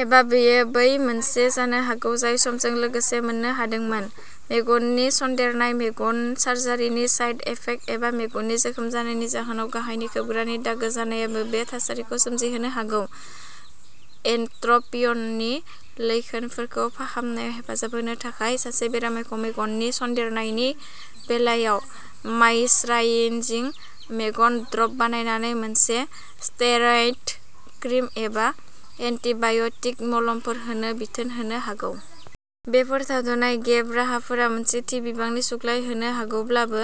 एबा बेयो बै मोनसे जानो हागौ जाय समजों लोगोसे मोननो हादोंमोन। मेगननि सन्देरनाय, मेगन सार्जारिनि साइड इफेक्ट एबा मेगननि जोखोम जानायनि जाहोनाव गाहायनि खोबग्रानि दागो जानायाबो बे थासारिखौ सोमजिहोनो हागौ। इक्ट्र'पिय'ननि लैखोनफोरखौ फाहामनायाव हेफाजाब होनो थाखाय, सासे बेरामिखौ मेगननि सन्देरनायनि बेलायाव मायिश्चाराइजिं मेगन ड्रप, बानायनाय मोनसे स्टेरइड क्रिम एबा एन्टिबाय'टिक मलमफोर होनो बिथोन होनो हागौ। बेफोर थाद'नाय गेप राहाफोरा मोनसे थि बिबांनि सुग्लाय होनो हागौब्लाबो,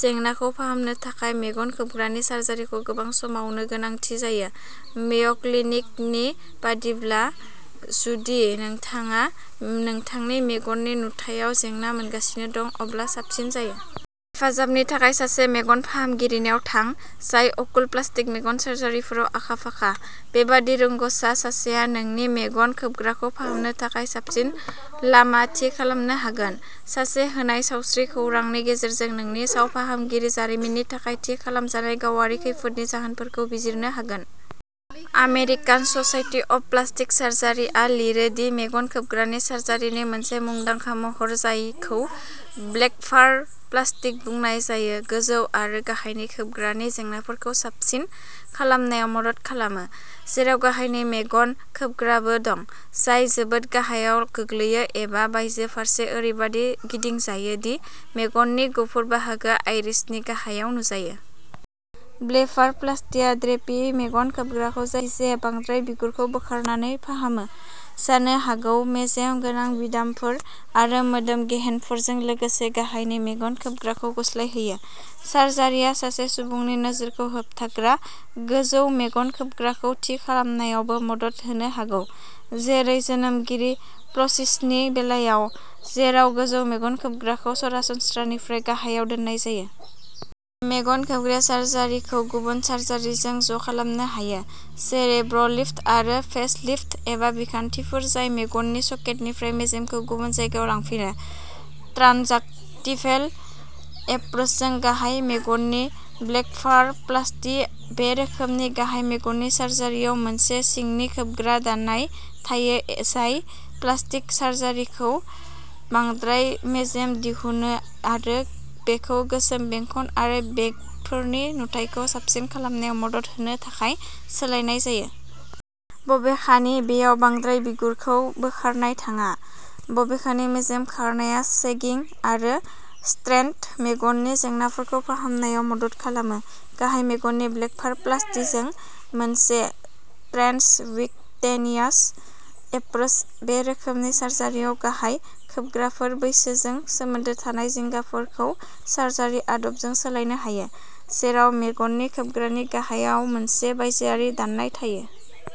जेंनाखौ फाहामनो थाखाय मेगन खोबग्रानि सार्जारिखौ गोबां समावनो गोनांथि जायो। मेय'क्लिनिकनि बायदिब्ला, जुदि नोंथाङा नोंथांनि मेगननि नुथायाव जेंना मोनगासिनो दं, अब्ला साबसिन जायो। हेफाजाबनि थाखाय सासे मेगन फाहामगिरिनाव थां, जाय अकुल'प्लास्टिक मेगन सार्जारिफोराव आखा-फाखा। बेबादि रोंग'सा सासेआ नोंनि मेगन खोबग्राखौ फाहामनो थाखाय साबसिन लामा थि खालामनो हागोन, लोगोसे होनाय सावस्रि खौरांनि गेजेरजों नोंनि सावफाहामारि जारिमिननि थाखाय थि खालामजानाय गावारि खैफोदनि जाहोनफोरखौ बिजिरनो हागोन। आमेरिकान स'साइटि अफ प्लास्टिक सार्जारिआ लिरो दि मेगन खोबग्रानि सार्जारिनि मोनसे मुंदांखा महर-जायखौ ब्लेफार'प्लास्टि बुंनाय जायो-गोजौ आरो गाहायनि खोबग्रानि जेंनाफोरखौ साबसिन खालामनायाव मदद खालामो, जेराव गाहायनि मेगन खोबग्राबो दं, जाय जोबोद गाहायाव गोलैयो एबा बायजो फारसे ओरैबादि गिदिंजायो दि मेगननि गुफुर बाहागोआ आइरिसनि गाहायाव नुजायो। ब्लेफार'प्लास्टिया ड्रपि मेगन खोबग्राखौ जायखिजाया बांद्राय बिगुरखौ बोखारनानै फाहामो, जानो हागौ मेजेम गोनां बिदामफोर आरो मोदोम गेहेनफोरजों लोगोसे गाहायनि मेगन खोबग्राखौ गुस्लायहोयो। सार्जारिआ सासे सुबुंनि नोजोरखौ होबथाग्रा गोजौ मेगन खोबग्राखौ थि खालामनायावबो मदद होनो हागौ, जेरै जोनोमारि प्ट'सिसनि बेलायाव, जेराव गोजौ मेगन खोबग्राखौ सरासनस्रानिफ्राय गाहायाव दोननाय जायो। मेगन खोबग्राया सार्जारिखौ गुबुन सार्जारिफोरजों ज'खालामनो हायो, जेरै ब्र'लिफ्ट आरो फेस लिफ्ट, एबा बिखान्थिफोर जाय मेगननि सकेटनिफ्राय मेजेमखौ गुबुन जायगायाव लांफिनो। ट्रान्जांक्टिभेल एप्रोचजों गाहाय मेगननि ब्लेफारप्लास्टि बे रोखोमनि गाहाय मेगननि सार्जारिआव मोनसे सिंनि खोबग्रा दाननाय थायो जाय प्लास्टिक सार्जनखौ बांद्राय मेजेम दिहुननो आरो बेखौ गोसोम बेंखन आरो बेगफोरनि नुथायखौ साबसिन खालामनायाव मदद होनो थाखाय सोलायनाय जायो। बबेखानि, बेयाव बांद्राय बिगुरखौ बोखारनाय थाङा, बबेखानि मेजेम खारनाया सेगिं आरो स्ट्रेच्ड मेगननि जेंनाफोरखौ फाहामनायाव मदद खालामो। गाहाय मेगननि ब्लेफारप्लास्टिजों मोनसे ट्रान्सक्युटेनियास एप्रोच बे रोखोमनि सार्जारिआव गाहाय खोबग्राफोराव, बैसोजों सोमोन्दो थानाय जिंगाफोरखौ सार्जारि आदबजों सोलायनो हायो, जेराव मेगननि खोबग्रानि गाहायाव मोनसे बायजोआरि दाननाय थायो।